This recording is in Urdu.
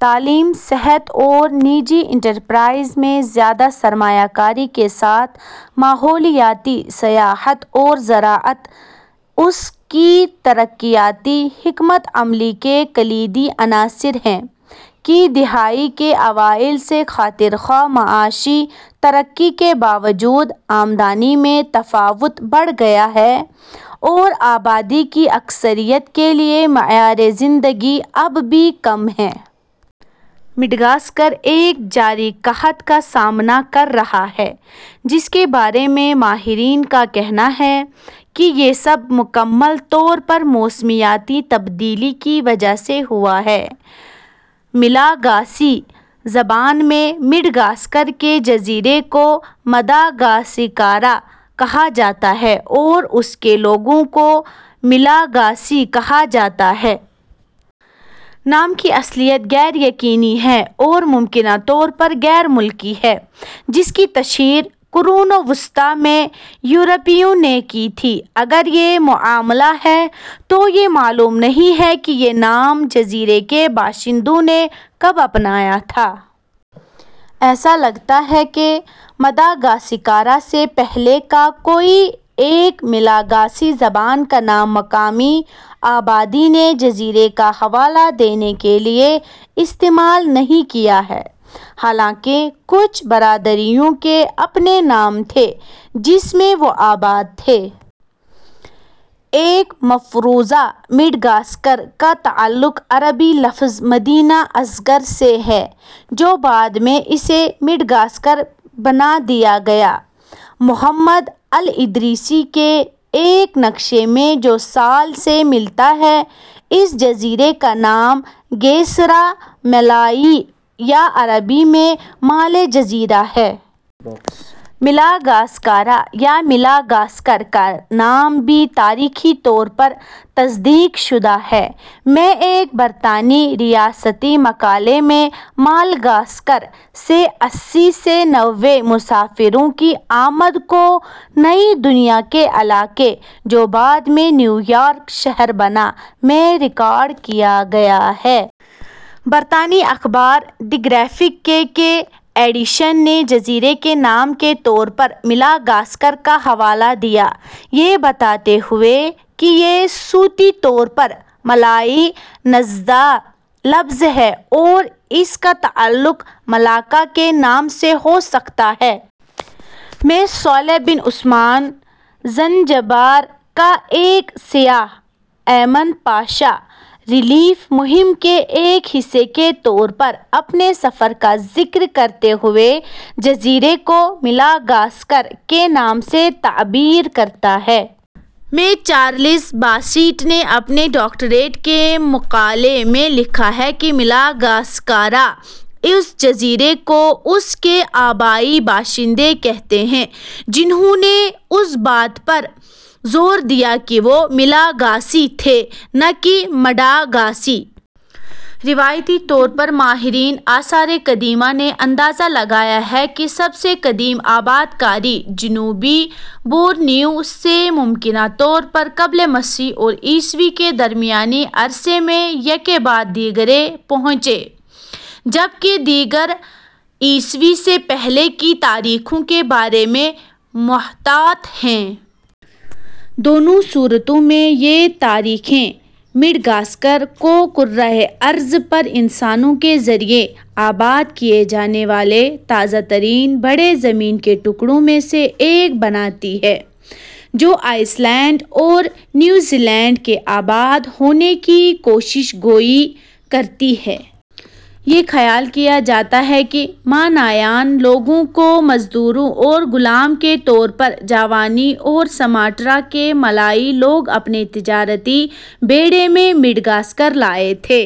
تعلیم، صحت اور نجی انٹرپرائز میں زیادہ سرمایہ کاری کے ساتھ ماحولیاتی سیاحت اور زراعت اس کی ترقیاتی حکمت عملی کے کلیدی عناصر ہیں۔ کی دہائی کے اوائل سے خاطر خواہ معاشی ترقی کے باوجود، آمدنی میں تفاوت بڑھ گیا ہے اور آبادی کی اکثریت کے لیے معیار زندگی اب بھی کم ہے۔ مڈغاسکر ایک جاری قحط کا سامنا کر رہا ہے، جس کے بارے میں ماہرین کا کہنا ہے کہ یہ سب مکمل طور پر موسمیاتی تبدیلی کی وجہ سے ہوا ہے۔ ملاگاسی زبان میں، مڈغاسکر کے جزیرے کو مداگاسیکارا کہا جاتا ہے اور اس کے لوگوں کو ملاگاسی کہا جاتا ہے۔ نام کی اصلیت غیر یقینی ہے اور ممکنہ طور پر غیر ملکی ہے، جس کی تشہیر قرون وسطیٰ میں یورپیوں نے کی تھی۔ اگر یہ معاملہ ہے، تو یہ معلوم نہیں ہے کہ یہ نام جزیرے کے باشندوں نے کب اپنایا تھا۔ ایسا لگتا ہے کہ ماداگاسیکارا سے پہلے کا کوئی ایک ملاگاسی زبان کا نام مقامی آبادی نے جزیرے کا حوالہ دینے کے لیے استعمال نہیں کیا ہے، حالانکہ کچھ برادریوں کے اپنے نام تھے جس میں وہ آباد تھے۔ ایک مفروضہ مڈغاسکر کا تعلق عربی لفظ "مدینہ اصغر" سے ہے اور بعد میں اسے مڈغاسکر بنا دیا گیا۔ محمد الادریسی کے ایک نقشے میں جو سال سے ملتا ہے، اس جزیرے کا نام گیسرا مالائی یا عربی میں "مالے جزیرہ" ہے۔ ملاگاسکارا یا ملاگاسکر کا نام بھی تاریخی طور پر تصدیق شدہ ہے۔ میں ایک برطانوی ریاستی مقالے میں "مالگاسکر" سے اسّی سے نوے مسافروں کی آمد کو نئی دنیا کے علاقے، جو بعد میں نیویارک شہر بنا، میں ریکارڈ کیا گیا ہے۔ برطانوی اخبار دی گرافک کے کے ایڈیشن نے جزیرے کے نام کے طور پر "ملاگاسکر" کا حوالہ دیا، یہ بتاتے ہوئے کہ یہ صوتی طور پر مالائی نژاد لفظ ہے اور اس کا تعلق ملاکا کے نام سے ہو سکتا ہے۔ میں، صالح بن عثمان، زنجبار کا ایک سیاح، ایمن پاشا ریلیف مہم کے ایک حصے کے طور پر، اپنے سفر کا ذکر کرتے ہوئے جزیرے کو "مالاگاسکر" کے نام سے تعبیر کرتا ہے۔ میں، چارلس باسیٹ نے اپنے ڈاکٹریٹ کے مقالے میں لکھا کہ ملاگاسیکارا اس جزیرے کو اس کے آبائی باشندے کہتے ہیں، جنھوں نے اس بات پر زور دیا کہ وہ مالاگاسی تھے، نہ کہ مڈاگاسی۔ روایتی طور پر، ماہرین آثار قدیمہ نے اندازہ لگایا ہے کہ سب سے قدیم آباد کار جنوبی بورنیو سے ممکنہ طور پر قبل مسیح اور عیسوی کے درمیانی عرصے میں یکے بعد دیگرے پہنچے، جبکہ دیگر عیسوی سے پہلے کی تاریخوں کے بارے میں محتاط ہیں۔ دونوں صورتوں میں، یہ تاریخیں مڈغاسکر کو کرۂ ارض پر انسانوں کے ذریعہ آباد کیے جانے والے تازہ ترین بڑے زمین کے ٹکڑوں میں سے ایک بناتی ہیں، جو آئس لینڈ اور نیوزی لینڈ کے آباد ہونے کی پیش گوئی کرتی ہیں۔ یہ خیال کیا جاتا ہے کہ مانایان لوگوں کو مزدور اور غلام کے طور پر جاوانی اور سماٹرا کے ملائی لوگ اپنے تجارتی بیڑے میں مڈغاسکر لائے تھے۔